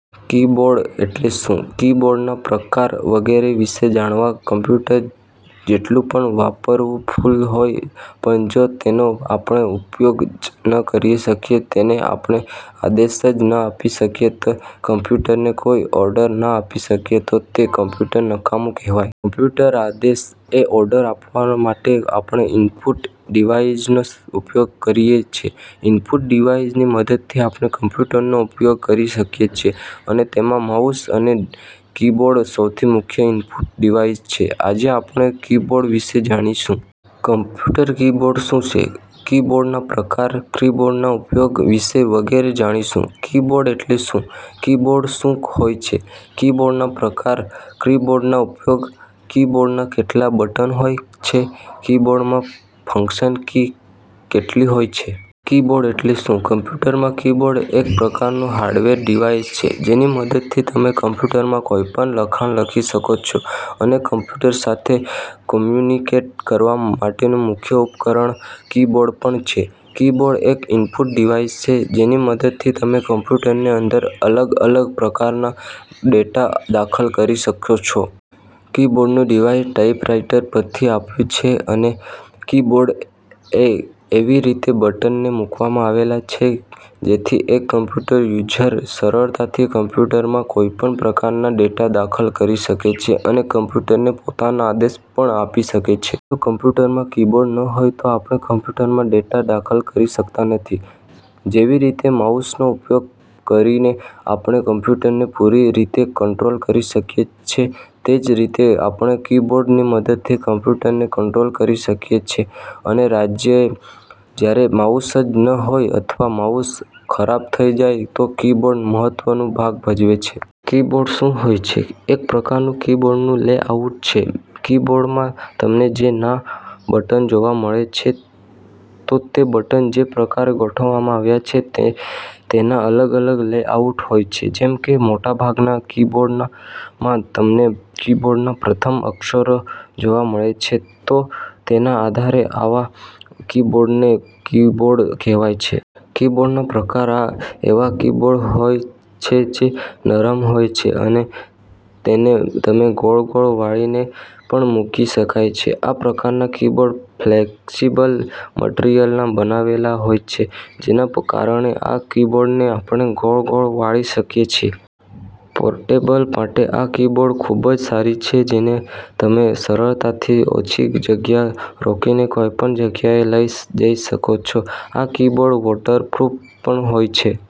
Keyboard એટલે શું? કીબોર્ડના પ્રકાર વગેરે વિશે જાણકારી કમ્પ્યુટર જેટલું પણ પાવરફુલ હોય પણ જો તેનો આપણે ઉપયોગ જ ન કરી શકીએ, તેને આપણે આદેશ જ ન આપી શકીએ, તે કમ્પ્યુટરને કોઈ ઓર્ડર ન આપી શકીએ તો તે કમ્પ્યુટર નકામું કહેવાય. કમ્પ્યુટરને આદેશ કે ઓર્ડર આપવા માટે આપણે ઈનપુટ ડિવાઇસનો ઉપયોગ કરીએ છે. ઈનપુટ ડિવાઇસની મદદથી આપણે કમ્પ્યુટરનો ઉપયોગ કરી શકીએ છે અને તેમાં માઉસ અને કીબોર્ડ સૌથી મુખ્ય ઈનપુટ ડિવાઇસ છે. આજે આપણે કીબોર્ડ વિશે જાણીશું. કમ્પ્યુટરમાં કીબોર્ડ શું છે? કીબોર્ડના પ્રકાર, કીબોર્ડના ઉપયોગ વિશે વગેરે જાણીશું. કીબોર્ડ એટલે શું? કીબોર્ડ શું હોય છે? કીબોર્ડના પ્રકાર, કીબોર્ડના ઉપયોગ, કીબોર્ડમાં કેટલા બટન હોય છે? કીબોર્ડમાં ફંક્શન કી કેટલી હોય છે? કીબોર્ડ એટલે શું? કમ્પ્યુટરમાં કીબોર્ડ એક પ્રકારનું હાર્ડવેર ડિવાઇસ છે જેની મદદથી તમે કમ્પ્યુટરમાં કોઈ પણ લખાણ લખી શકો છો અને કમ્પ્યુટર સાથે કમ્યુનિકેટ કરવા માટેનું મુખ્ય ઉપકરણ કી-બોર્ડ પણ છે. કીબોર્ડ એક ઈનપુટ ડિવાઇસ છે જેની મદદથી તમે કમ્પ્યુટરની અંદર અલગ અલગ પ્રકારના ડેટા દાખલ કરી શકો છો. કીબોર્ડનું ડિઝાઇન ટાઈપરાઈટર પરથી આવ્યું છે અને કીબોર્ડમાં એવી રીતે બટનને મૂકવામાં આવેલા છે જેથી એક કમ્પ્યૂટર યુઝર સરળતાથી કમ્પ્યુટરમાં કોઈપણ પ્રકારના ડેટા દાખલ કરી શકે છે અને કમ્પ્યુટરને પોતાના આદેશ પણ આપી શકે છે. જો કમ્પ્યુટરમાં કીબોર્ડ ન હોય તો આપણે કમ્પ્યૂટરમાં ડેટા દાખલ કરી શકતા નથી. જેવી રીતે માઉસનો ઉપયોગ કરીને આપણે કમ્પ્યૂટરને પૂરી રીતે કંટ્રોલ કરી શકીએ છે તેવી જ રીતે આપણે કીબોર્ડની મદદ પણ કમ્પ્યુટરને કંટ્રોલ કરી શકીએ છે અને જ્યારે માઉસ ન હોય અથવા માઉસ ખરાબ થઈ જાય તો કીબોર્ડ મહત્વનું ભાગ ભજવે છે. કીબોર્ડ શું હોય છે? એક પ્રકારનું કીબોર્ડનું લેઆઉટ છે. કીબોર્ડમાં તમને જે ના બટન જોવા મળે છે તો તે બટન જે પ્રકારે ગોઠવવામાં આવે છે તે તેના અલગ-અલગ લેઆઉટ હોય છે. જેમ કે મોટા ભાગના કીબોર્ડમાં તમને કીબોર્ડના પ્રથમ અક્ષરો જોવા મળે છે તો તેના આધારે આવા કીબોર્ડને કીબોર્ડ કહેવાય છે. કીબોર્ડના પ્રકાર. આ એવા કીબોર્ડ હોય છે જે નરમ હોય છે અને તેને તમે ગોળ-ગોળ વાળીને પણ મૂકી શકાય છે. આ પ્રકારના કીબોર્ડ ફ્લેક્સિબલ મટિરિયલના બનાવેલા હોય છે જેના કારણે આ કીબોર્ડને આપણે ગોળ-ગોળ વાળી શકીએ છીએ. પોર્ટેબલ માટે આ કીબોર્ડ ખૂબ સારું છે જેને તમે સરળતાથી ઓછી જગ્યા રોકીને કોઈ પણ જગ્યાએ લઈ જઈ શકો છો. આ કીબોર્ડ વોટરપ્રૂફ પણ હોય શકે છે.